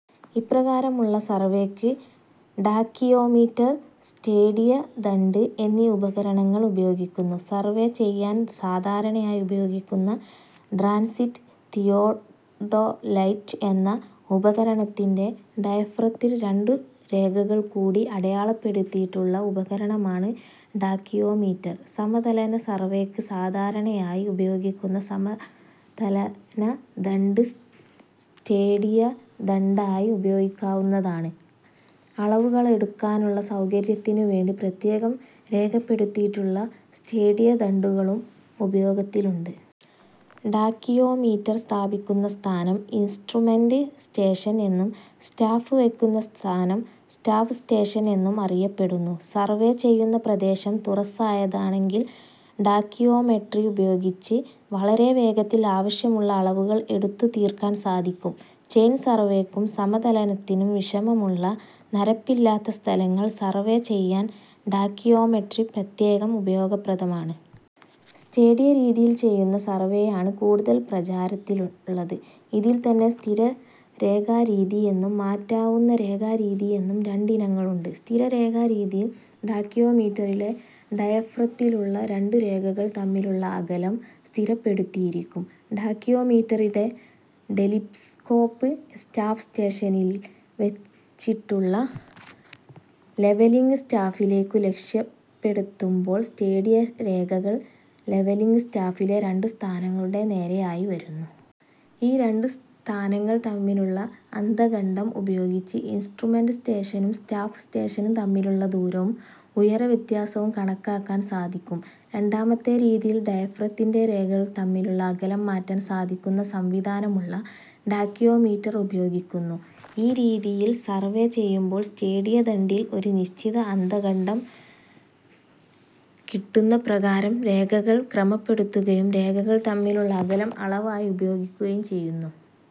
ഇപ്രകാരമുള്ള സർവേയ്ക്ക് ടാക്കിയോമീറ്റർ, സ്റ്റേഡിയ ദണ്ഡ് എന്നീ ഉപകരണങ്ങൾ ഉപയോഗിക്കുന്നു. സർവേ ചെയ്യാൻ സാധാരണയായി ഉപയോഗിക്കുന്ന ട്രാൻസിറ്റ് തിയോഡൊലൈറ്റ് എന്ന ഉപകരണത്തിന്റെ ഡയഫ്രത്തിൽ രണ്ടുരേഖകൾ കൂടി അടയാളപ്പെടുത്തിയിട്ടുള്ള ഉപകരണമാണ് ടാക്കിയോമീറ്റർ. സമതലന സർവേക്ക് സാധാരണയായി ഉപയോഗിക്കുന്ന സമതലന ദണ്ഡ് സ്റ്റേഡിയ ദണ്ഡായി ഉപയോഗിക്കാവുന്നതാണ്. അളവുകളെടുക്കാനുള്ള സൗകര്യത്തിനുവേണ്ടി പ്രത്യേകം രേഖപ്പെടുത്തിയിട്ടുള്ള സ്റ്റേഡിയ ദണ്ഡുകളും ഉപയോഗത്തിലുണ്ട്. ടാക്കിയോമീറ്റർ സ്ഥാപിക്കുന്ന സ്ഥാനം 'ഇൻസ്ട്രുമെന്റ് സ്റ്റേഷൻ' എന്നും സ്റ്റാഫ് വയ്ക്കുന്ന സ്ഥാനം 'സ്റ്റാഫ് സ്റ്റേഷൻ' എന്നും അറിയപ്പെടുന്നു. സർവേ ചെയ്യുന്ന പ്രദേശം തുറസ്സായതാണെങ്കിൽ, ടാക്കിയോമെട്രി ഉപയോഗിച്ച് വളരെ വേഗത്തിൽ ആവശ്യമുള്ള അളവുകൾ എടുത്തുതീർക്കാൻ സാധിക്കും. ചെയിൻ സർവേക്കും സമതലനത്തിനും വിഷമമുള്ള, നിരപ്പില്ലാത്ത സ്ഥലങ്ങൾ സർവേ ചെയ്യാൻ ടാക്കിയോമെട്രി പ്രത്യേകം ഉപയോഗപ്രദമാണ്. സ്റ്റേഡിയ രീതിയിൽ ചെയ്യുന്ന സർവേയാണ് കൂടുതൽ പ്രചാരത്തിലുള്ളത്. ഇതിൽത്തന്നെ 'സ്ഥിര രേഖാരീതി ' എന്നും 'മാറ്റാവുന്ന രേഖാ രീതി ' എന്നും രണ്ടിനങ്ങളുണ്ട്. സ്ഥിര രേഖാ രീതിയിൽ, ടാക്കിയോമീറ്ററിലെ ഡയഫ്രത്തിലുള്ള രണ്ടു രേഖകൾ തമ്മിലുള്ള അകലം സ്ഥിരപ്പെടുത്തിയിരിക്കും. ടാക്കിയോമീറ്ററിലെ ടെലിസ്കോപ്, സ്റ്റാഫ് സ്റ്റേഷനിൽ വച്ചിട്ടുള്ള ലെവലിങ് സ്റ്റാഫിലേക്കു ലക്ഷ്യപ്പെടുത്തുമ്പോൾ സ്റ്റേഡിയ രേഖകൾ ലെവലിങ് സ്റ്റാഫിലെ രണ്ടു സ്ഥാനങ്ങളുടെ നേരെയായി വരുന്നു. ഈ രണ്ടു സ്ഥാനങ്ങൾ തമ്മിലുള്ള അന്തഃഖണ്ഡം ഉപയോഗിച്ച് ഇൻസ്ട്രുമെന്റ് സ്റ്റേഷനും സ്റ്റാഫ് സ്റ്റേഷനും തമ്മിലുള്ള ദൂരവും ഉയരവ്യത്യാസവും കണക്കാക്കാൻ സാധിക്കും. രണ്ടാമത്തെ രീതിയിൽ, ഡയഫ്രത്തിലെ രേഖകൾ തമ്മിലുള്ള അകലം മാറ്റാൻ സാധിക്കുന്ന സംവിധാനമുള്ള ടാക്കിയോമീറ്റർ ഉപയോഗിക്കുന്നു. ഈ രീതിയിൽ സർവേ ചെയ്യുമ്പോൾ സ്റ്റേഡിയ ദണ്ഡിൽ ഒരു നിശ്ചിത അന്തഃഖണ്ഡം കിട്ടുന്ന പ്രകാരം രേഖകൾ ക്രമപ്പെടുത്തുകയും രേഖകൾ തമ്മിലുള്ള അകലം അളവായി ഉപയോഗിക്കുകയും ചെയ്യുന്നു.